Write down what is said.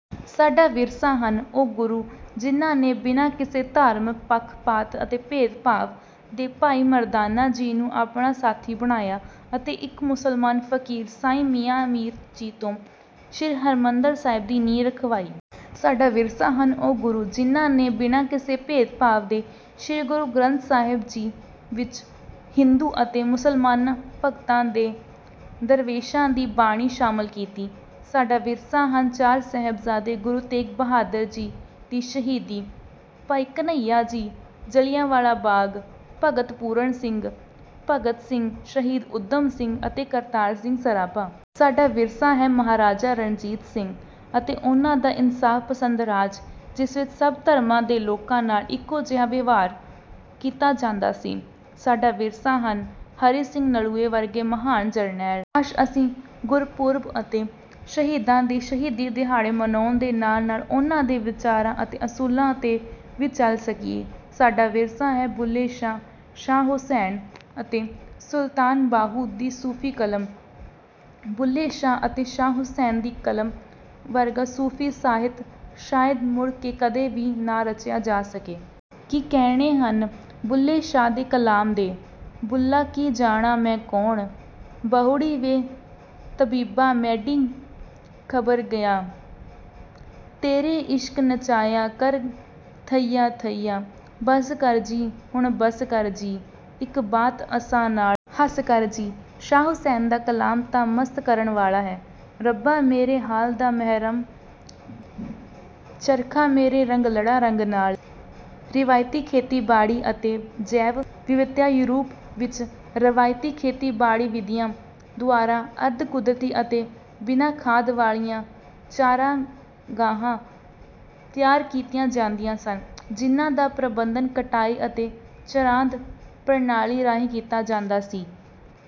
ਸਾਡਾ ਵਿਰਸਾ ਹਨ ਉਹ ਗੁਰੂ, ਜਿਨ੍ਹਾਂ ਨੇ ਬਿਨਾਂ ਕਿਸੇ ਧਾਰਮਿਕ ਪੱਖ-ਪਾਤ ਅਤੇ ਭੇਦ-ਭਾਵ ਦੇ ਭਾਈ ਮਰਦਾਨਾ ਜੀ ਨੂੰ ਆਪਣਾ ਸਾਥੀ ਬਣਾਇਆ ਅਤੇ ਇੱਕ ਮੁਸਲਮਾਨ ਫ਼ਕੀਰ ਸਾਈਂ ਮੀਆਂ ਮੀਰ ਜੀ ਤੋਂ ਸ਼੍ਰੀ ਹਰਿਮੰਦਰ ਸਾਹਿਬ ਦੀ ਨੀਂਹ ਰਖਵਾਈ। ਸਾਡਾ ਵਿਰਸਾ ਹਨ ਉਹ ਗੁਰੂ, ਜਿਨ੍ਹਾਂ ਨੇ ਬਿਨਾਂ ਕਿਸੇ ਭੇਦ-ਭਾਵ ਦੇ ਸ਼੍ਰੀ ਗੁਰੂ ਗ੍ਰੰਥ ਸਾਹਿਬ ਜੀ ਵਿੱਚ ਹਿੰਦੂ ਅਤੇ ਮੁਸਲਮਾਨ ਭਗਤਾਂ ਤੇ ਦਰਵੇਸ਼ਾਂ ਦੀ ਬਾਣੀ ਸ਼ਾਮਲ ਕੀਤੀ। ਸਾਡਾ ਵਿਰਸਾ ਹਨ ਚਾਰ ਸਾਹਿਬਜ਼ਾਦੇ, ਗੁਰੂ ਤੇਗ ਬਹਾਦਰ ਜੀ ਦੀ ਸ਼ਹੀਦੀ, ਭਾਈ ਘਨੱਈਆ ਜੀ, ਜੱਲ੍ਹਿਆਂਵਾਲਾ ਬਾਗ, ਭਗਤ ਪੂਰਨ ਸਿੰਘ, ਭਗਤ ਸਿੰਘ, ਸ਼ਹੀਦ ਊਧਮ ਸਿੰਘ, ਅਤੇ ਕਰਤਾਰ ਸਿੰਘ ਸਰਾਭਾ। ਸਾਡਾ ਵਿਰਸਾ ਹੈ ਮਹਾਰਾਜਾ ਰਣਜੀਤ ਸਿੰਘ ਅਤੇ ਉਨ੍ਹਾਂ ਦਾ ਇਨਸਾਫ਼-ਪਸੰਦ ਰਾਜ, ਜਿਸ ਵਿੱਚ ਸਭ ਧਰਮਾਂ ਦੇ ਲੋਕਾਂ ਨਾਲ ਇੱਕੋ ਜਿਹਾ ਵਿਵਹਾਰ ਕੀਤਾ ਜਾਂਦਾ ਸੀ। ਸਾਡਾ ਵਿਰਸਾ ਹਨ ਹਰੀ ਸਿੰਘ ਨਲੂਏ ਵਰਗੇ ਮਹਾਨ ਜਰਨੈਲ। ਕਾਸ਼! ਅਸੀਂ ਗੁਰਪੁਰਬ ਅਤੇ ਸ਼ਹੀਦਾਂ ਦੇ ਸ਼ਹੀਦੀ ਦਿਹਾੜੇ ਮਨਾਉਣ ਦੇ ਨਾਲ-ਨਾਲ ਉਨ੍ਹਾਂ ਦੇ ਵਿਚਾਰਾਂ ਅਤੇ ਅਸੂਲਾਂ 'ਤੇ ਵੀ ਚੱਲ ਸਕੀਏ। ਸਾਡਾ ਵਿਰਸਾ ਹੈ ਬੁੱਲ੍ਹੇ ਸ਼ਾਹ, ਸ਼ਾਹ ਹੁਸੈਨ, ਅਤੇ ਸੁਲਤਾਨ ਬਾਹੂ ਦੀ ਸੂਫ਼ੀ ਕਲਾਮ। ਬੁੱਲ੍ਹੇ ਸ਼ਾਹ ਅਤੇ ਸ਼ਾਹ ਹੁਸੈਨ ਦੀ ਕਲਾਮ ਵਰਗਾ ਸੂਫ਼ੀ ਸਾਹਿਤ ਸ਼ਾਇਦ ਮੁੜ ਕੇ ਕਦੇ ਵੀ ਨਾ ਰਚਿਆ ਜਾ ਸਕੇ। ਕੀ ਕਹਿਣੇ ਹਨ ਬੁੱਲ੍ਹੇ ਸ਼ਾਹ ਦੀ ਕਲਾਮ ਦੇ:"ਬੁੱਲ੍ਹਾ ਕੀ ਜਾਣਾ ਮੈਂ ਕੌਣ""ਬਹੁੜੀਂ ਵੇ ਤਬੀਬਾ ਮੈਂਡੀ ਖਬਰ ਗਈਆ, ਤੇਰੇ ਇਸ਼ਕ ਨਚਾਇਆ ਕਰ ਥਈਆ ਥਈਆ""ਬਸ ਕਰ ਜੀ ਹੁਣ ਬਸ ਕਰ ਜੀ, ਇੱਕ ਬਾਤ ਅਸਾਂ ਨਾਲ ਹੱਸ ਕਰ ਜੀ"ਸ਼ਾਹ ਹੁਸੈਨ ਦਾ ਕਲਾਮ ਤਾਂ ਮਸਤ ਕਰਨ ਵਾਲਾ ਹੈ:"ਰੱਬਾ ਮੇਰੇ ਹਾਲ ਦਾ ਮਹਿਰਮੁ""ਚਰਖਾ ਮੇਰਾ ਰੰਗਲੜਾ ਰੰਗ ਲਾਲ" ਰਵਾਇਤੀ ਖੇਤੀਬਾੜੀ ਅਤੇ ਜੈਵ-ਵਿਵਿਧਤਾਯੂਰਪ ਵਿੱਚ ਰਵਾਇਤੀ ਖੇਤੀਬਾੜੀ ਵਿਧੀਆਂ ਦੁਆਰਾ ਅਰਧ-ਕੁਦਰਤੀ ਅਤੇ ਬਿਨਾਂ ਖਾਦ ਵਾਲੀਆਂ ਚਰਾਗਾਹਾਂ ਤਿਆਰ ਕੀਤੀਆਂ ਜਾਂਦੀਆਂ ਸਨ, ਜਿਨ੍ਹਾਂ ਦਾ ਪ੍ਰਬੰਧਨ ਕਟਾਈ ਅਤੇ ਚਰਾਂਦ ਪ੍ਰਣਾਲੀ ਰਾਹੀਂ ਕੀਤਾ ਜਾਂਦਾ ਸੀ।